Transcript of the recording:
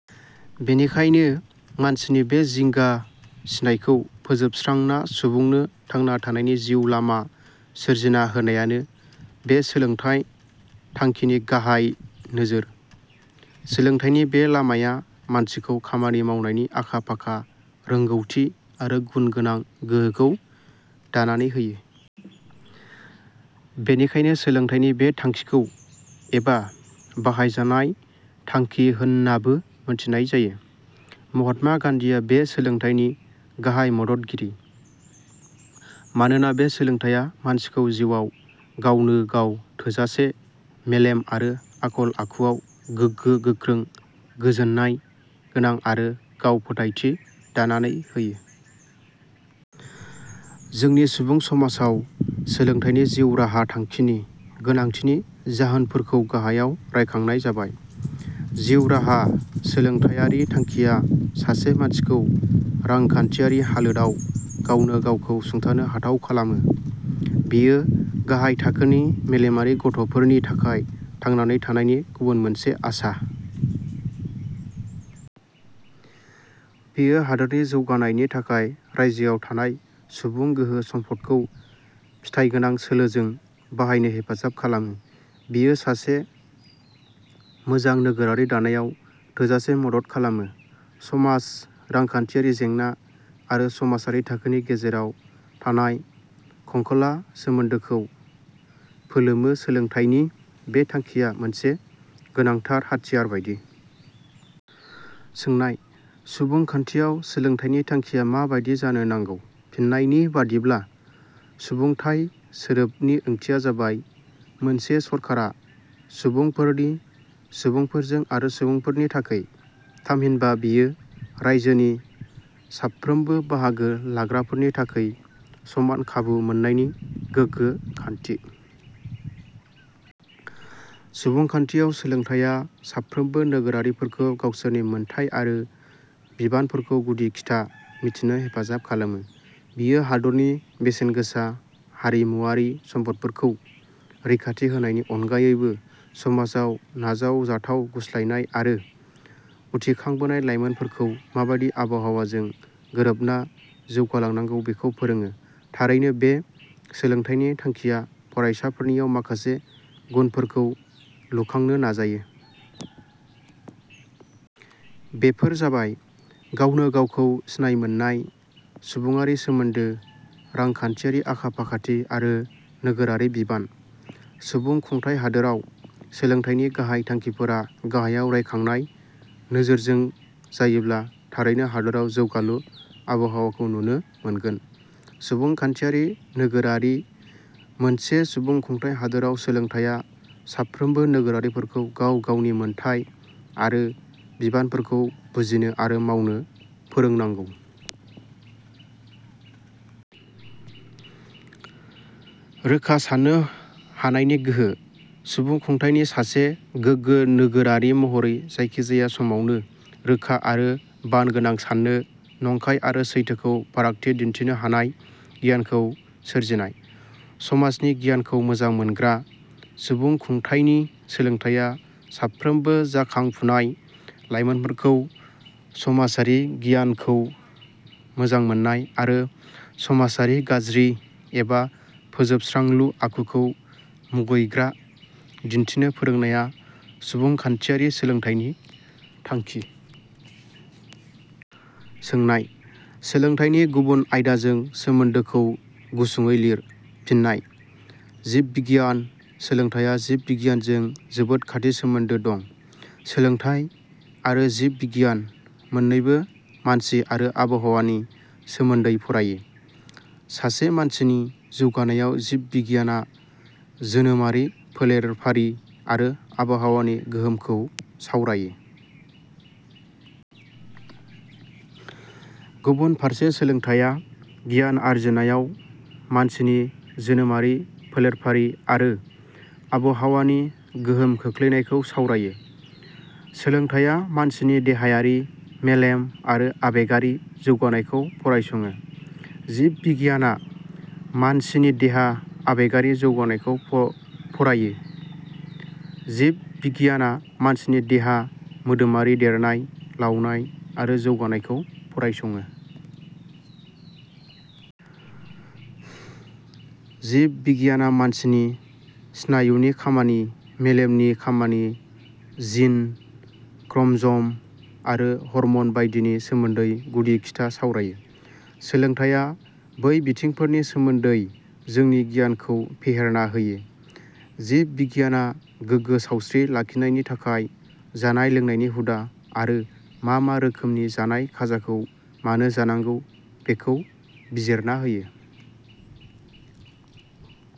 बिनिखायनो मानसिनि बे जिंगा सिनायखौ फोजोबस्रांना सुबुंनो थांना थानायनि जिउ लामा सोरजिना होनायानो बे सोलोंथाय थांखिनि गाहाय नोजोर। सोलोंथायनि बे लामाया मानसिखौ खामानि मावनायनि आखा फाखा, रोंगौथि आरो गुन गोनां गोहोखौ दानानै होयो। बेनिखायनो सोलोंथाइनि बे थांखिखौ "" एबा ' बाहायजानाय' थांखि होन्नाबो मोन्थिनाय जायो। महात्मा गान्धिया बे सोलोंथाइनि गाहाइ मददगिरि। मानोना बे सोलोंथाइया मानसिखौ जिउआव गावनो गाव थोजासे, मेलेम आरो आखल आखुआव गोगो-गोखों, गोजोन्नाय गोनां आरो गांव फोथाइथि दानानै होयो। जोंनि सुबुं समाजाव सोलोंथाइनि जिउ राहा थांखिनि गोनांथिनि जाहोनफोरखौ गाहायाव रायखांनाय जाबाय। जिउ राहा सोलोंथाइयारि थांखिया सासे मानसिखौ रांखान्थियारि हालोदाव गावनो गावखौ सुंथानो हाथाव खालामो। बेयो गाहाय थाखोनि मेलेमारि गथ 'फोरनि थाखाय थांनानै थानायनि गुबुन मोनसे आसा। बेयो हादोरनि जौगानायनि थाखाय रायजोआव थानाय सुबुं गोहो सम्पदखौ फिथाइगोनां सोलोजों बाहायनो हेफाजाब खालामो। बेयो सासे मोजां नोगोरारि दानायाव थोजासे मदद खालामो। समाज- रांखान्थियारि जेंना आरो समाजारि थाखोनि गेजेराव थानाय खंखला सोमोन्दोखौ फोलोमनो सोलोंथाइनि बे थांखिया मोनसे गोनांथार हाथियार बायदि। सोंनाय-. सुबुं खान्थियाव सोलोंथाइनि थांखिया मा बादि जानो नांगौ? फिन्नाय: नि बादिब्ला सुबुंखुंथाइ सोदोबनि ओंथिया जाबाय, 'मोनसे सरकारा सुबुंफोरनि, सुबुंफोरजों आरो सुबुंफोरनि थाखै। " थामहिनबा बेयो रायजोनि साफ्रोमबो बाहागो लाग्राफोरनि थाखै समान खाबु मोन्नायनि गोगो खान्थि। सुबुंखान्धियाव सोलोंथाइया साफ्रोमबो नोगोरारिफोरखौ गावसोरनि मोन्थाइ आरो बिबानफोरखौ गुदि-खिथा मिथिनो हेफाजाब खालामो। बेयो हादरनि बेसेनगोसा हारिमुवारि सम्पदफोरखौ रैखाथि होनायनि अनगायैबो समाजाव नाजावजाथाव गुस्लायनाय आरो उथिखांबोनाय लाइमोनफोरख माबादि आबहावाजों गोरोबना जौगालांनांगौ बेखौ फोरोङो। थारैनो वे सोलोंथाइनि थांखिया फरायसाफोरनियाव माखासे गुनफोरखौ लुखांनो नाजायो। बेफोर जाबाय- गावनो गावखौ सिनायमोन्नाय सुबुडारि सोमोन्दो रांखान्थियारि आखा-फाखाथि आरो नोगोरारि बिबान। सुबुं खुंथाय हादोराव सोलोंथाइनि गाहाइ थांखिफोरा गाहायाव रायखांनाय नोजोरजों जायोब्ला थारैनो हादराव जौगालु आबहावाखौ नुनो मोनगोन। सुबुंखान्थियारि नोगोरारि: मोनसे सुबुंखुंथाइ हादोराव सोलोंथाइया साफ्रोमबो नोगोरारिफोरखौ गाव-गावनि मोन्थाइ आरो बिबानफोरखौ बुजिनो आरो मावनो फोरोंनांगौ। रोखा सान्नो हानायनि गोहो: सुबुंखुंथाइनि सासे गोगो नोगोरारि महरै जायखिजाया समावनो रोखा आरो बान गोनां सान्नो, नंखाय आरो सैथोखौ फारागथि दिन्थिनो हानाय गियानखौ सोरजिनाय। समाजनि नियायखौ मोजां मोनग्रा: सुबुंखुंथाइनि सोलोंथाइया साफ्रोमबो जाखुंफुनाय लाइमोनफोरखौ समाजारि नियायखौ मोजांमोन्नाय आरो समाजारि गाज्रि एबा फोजोबस्रांलु आखुखौ मुगैग्रा दिन्थिनो फोरोंनाया सुबुंखान्थियारि सोलोंथाइनि थांखि। सोंनाय-. सोलोंथाइनि गुबुन आयदाजों सोमोन्दोखौ गुसुङै लिर। फिन्नाय: जिब बिगियान: सोलोंथाइया जिब बिगियानजों जोबोद खान्थि सोमोन्दो दं। सोलोंथाइ आरो जिब बिगियान मोन्नैबो मानसि आरो आबहावानि सोमोन्दै फरायो। सासे मानसिनि जौगानायाव जिब बिगियाना जोनोमारि फोलेरफारि आरो आबाहावानि गोहोमखौ सावरायो। गुबुन फारसे सोलोंथाइया गियान आरजिनायाव मानसिनि जोनोमारि फोलेरफारि आरो आबहावानि गोहोम खोख्लैनायखौ सावरायो। सोलोंथाइया मानसिनि देहायारि, मेलेम आरो आबेगारि जौगानायखौ फरायसङो। जिब बिगियाना मानसिनि देहा-आबेगारि जौगानायखौ फरायसो। जिब बिगियाना मानसिनि देहा-मोदोमारि देरनाय- लावनाय आरो जौगानायखौ फरायसङो। जिब बिगियाना मानसिनि स्नायुनि खामानि, मेलेमनि खामानि, जिन, क्रमज 'म आरो हरमन बायदिनि सोमोन्दै गुदि-खिथा सावरायो। सोलोंथाइया बै बिथिंफोरनि सोमोन्दै जोंनि गियानखौ फेहेरना होयो। जिब बिगियाना गोगो साउस्त्रि लाखिनायनि थाखाय जानाय-लोंनायनि हुदा आरो मा मा रोखोमनि जानाय खाजाखौ मानो जानांगौ बेखौ बिजिरना होयो।